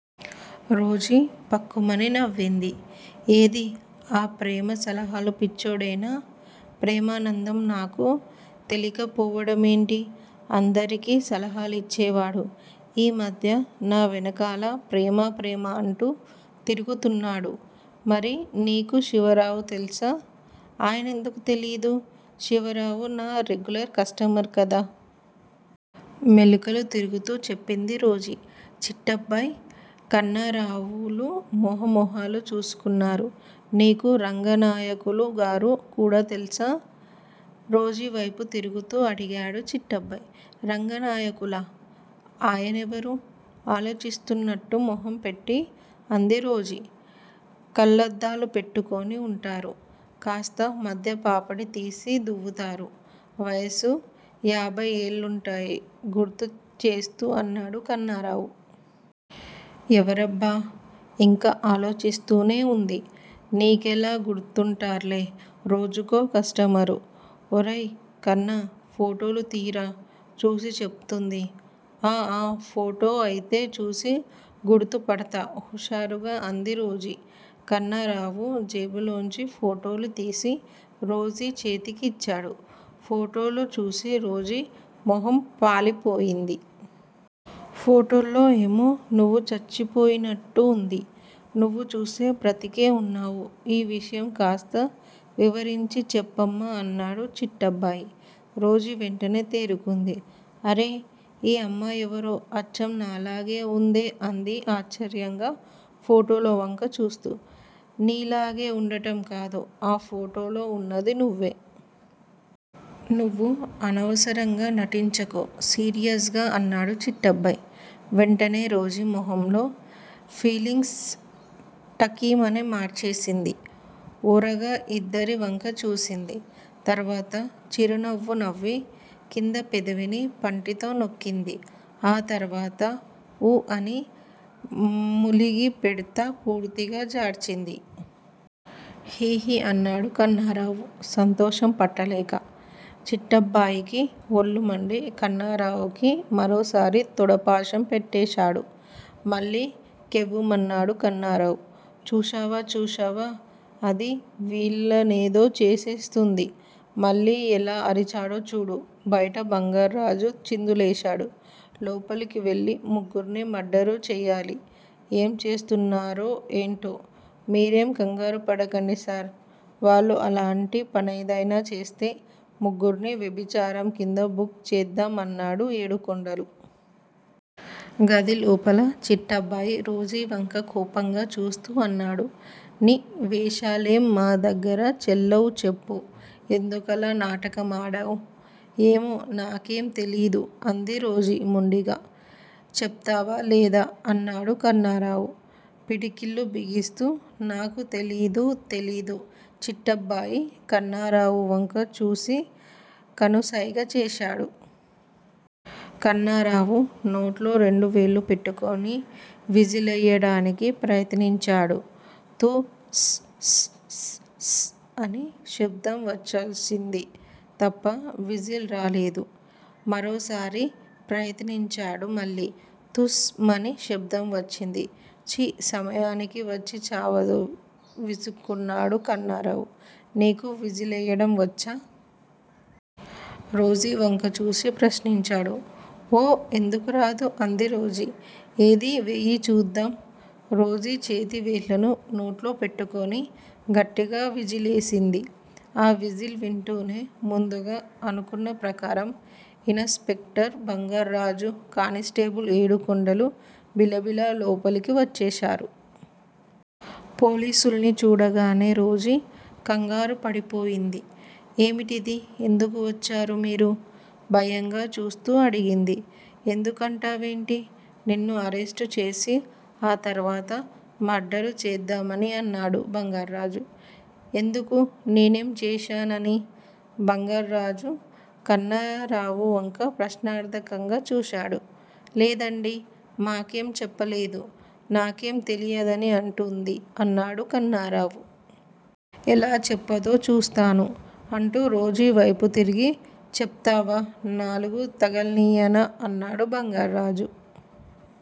Rosie ఫక్కుమని నవ్వింది. ఏది ఆ ప్రేమ సలహాల పిచ్చోడేనా? ప్రేమనంధం నాకు తెలీకపోవడం ఏంటి అందరికి సలహాలిచ్చేవాడు ఈ మధ్య నా వెనకాల ప్రేమ ప్రేమ అంటూ తిరుగుతున్నాడు మరి నీకు శివరావు తెల్సా? ఆయనెందుకు తెలీదూ? శివరావు నా రెగ్యులర్ కష్టమర్ కదా? మెలికలు తిరుగుతూ చెప్పింది రోజీ. చిట్టబ్బాయ్, కన్నరావులు మొహ మొహాలు చూస్కున్నారు. నీకు రంగనాయకులు గారు కూడా తెల్సా? రోజీవ్తెపు తిరుగుతూ అడిగాడు చిట్టబ్బాయ్. రంగానాయకులా? ఆయనేవరూ?? ఆలోచిస్తున్నట్టు మొహం పెట్టి అంది రోజీ. కళ్ళద్దాలు పెట్టుకుని వుంటారూ? కాస్త మధ్య పాపిడి తిసి దువ్వుతారూ? వయసు యబ్తే ఏళ్లుంటాయి గుర్తు చేస్తూ అన్నాడు కన్నారావు. ఎవరబ్బా!? ఇంకా ఆలోచిస్తూనే ఉంది. నీకెలా గుర్తుంటార్లె రోజుకో కష్టమారు. ఒరేయ్ కన్నా ఫోటోలు తియ్య్రా చూసి చెప్తుంది ఆ ఆ ఫోటో అయితే చూసి గుర్తుపడ్తా హుషారుగా అంది రోజీ. కన్నారావు జేబులోంచి ఫోటోలు తిసి రోజీ చేతికి ఇచ్చాడు. ఫోటోలు చూసి రోజీ మొహం పాలి పోయింది. ఫోటోల్లో ఏమో నువ్వు చచ్చిపోయినట్టు ఉంది. నువ్వు చూస్తే బ్రతికే వున్నావ్ ఈ విషయం కాస్త వివరించి చెప్పమ్మా అన్నాడు చిట్టబ్బాయి. రోజీ వెంటనే తేరుకుంది. అరె! ఈ అమ్మాయెవరో అచ్చం నాలాగే ఉందే అంది ఆశ్చర్యంగా ఫోటోల వంక చూస్తూ. నీలాగే ఉండడం కాదు ఆ ఫోటోల్లో ఉన్నది నువ్వే. నువ్వు అనవసరంగా నటించకు సీరియస్ గా అన్నాడు చిట్టబ్బాయ్. వెంటనే రోజీ మొహంలో ఫీలింగ్స్ ఠకిమని మార్చేసింది. ఓరగా ఇద్దరి వంకా చూసింది. తరువాత చిరునవ్వు నవ్వి కింద పెదవిని పంటితో నొక్కింది. ఆ తర్వాత ఊ ఆ అని మూలిగి ప్తెట పూర్తిగా జార్చింది. హి హి అన్నాడు కన్నారావు సంతోషం పట్టలేక. చిట్టబ్బయికి ఒళ్ళుమండి కన్నారావుకి మరోసారి తొడపాశం పెట్టేశాడు. మళ్ళి కెవ్వుమన్నాడు కన్నారావు. చూశావా చూశావా? అది వీళ్ళనేదో చేసేస్తుంది. మళ్ళి ఎలా అరిచాడో చూడు!! బయట బంగార్రాజు చిందులేశాడు. లోపలికి వెళ్ళి ముగ్గుర్ని మర్డరు చెయ్యాలి! ఏం చేస్తున్నారో ఏంటో మీరేం కంగారు పడకండి సార్ వాళ్ళు అలాంటి పనేద్తేనా చేస్తే ముగ్గుర్ని వ్యభిచారం కింద బుక్ చేద్దాం అన్నాడు ఏడుకొండలు. గది లోపల చిట్టబ్బాయ్ రోజీవంక కోపంగా చూస్తూ అన్నాడు. ని వేశాలేం మా దగ్గర చెల్లావ్ చెప్పు ఎందుకలా నాటకం ఆడావ్? ఏమో నాకేం తెలిదు అంది రోజీ మొండిగా. చెప్తావా లేదా? అన్నాడు కన్నారావు పిడికిళ్ళు బిగిస్తూ నాకు తెలిదు తెలిదు చిట్టబ్బాయి కన్నారావు వంక చూసి కనుస్తెగా చేశాడు. కన్నారావు నోట్లో రెండు వెళ్లు పెట్టుకుని విజిలేయ్యడానికి ప్రయత్నించాడు తు స్ స్ స్ స్ అని శబ్దం వచ్చ్సింది తప్ప విజిల్ రాలేదు. మరోసారి ప్రయత్నించాడు మళ్ళి 'తుస్' మని శబ్దం వచ్చింది. ఛి సమయానికి వచ్చి చావదు విసుక్కున్నాడు కన్నారావు. నీకు విజిలేయ్యడం వచ్చా? రోజీ వంక చూసి ప్రశ్నించాడు. ఓ ఎందుకు రాదూ? అంది రోజీ. ఏది వెయ్యి చూద్దాం! రోజీ చేతి వేళ్ళని నోట్లో పెట్టుకుని గట్టిగా విజిలేసింది. ఆ విజిల్ వింటూనే ముందుగా అనుకున్న ప్రకారం ఇన స్పెక్టర్ బంగార్రాజూ, కానిస్టేబులు ఏడు కొండలూ బిలబిలా లోపలికి వచ్చేశారు. పోలిసుల్ని చూడగానే రోజీ కంగారు పడిపోయింది. ఏమిటిది? ఎందుకు వచ్చారు మీరు? భయంగా చూస్తూ అడిగింది. ఎందుకంటావెంటి? నిన్ను అరెస్టు చేసి ఆ తర్వాత మర్డరు చేద్దామని అన్నాడు బంగార్రాజు. ఎందుకూ? నేనేం చేశానని?! బంగార్రాజు కన్నారావు వంక ప్రశ్నార్ధకంగా చూశాడు. లేదండి మాకేం చెప్పలేదు నాకేం తెలీదని అంటోంది అన్నాడు కన్నారావు. ఎలా చెప్పదో చూస్తాను అంటూ రోజీ వ్తెపు తిరిగి చెప్తావా? నాలుగు తగల్నియనా? అన్నాడు బంగార్ర్రాజు.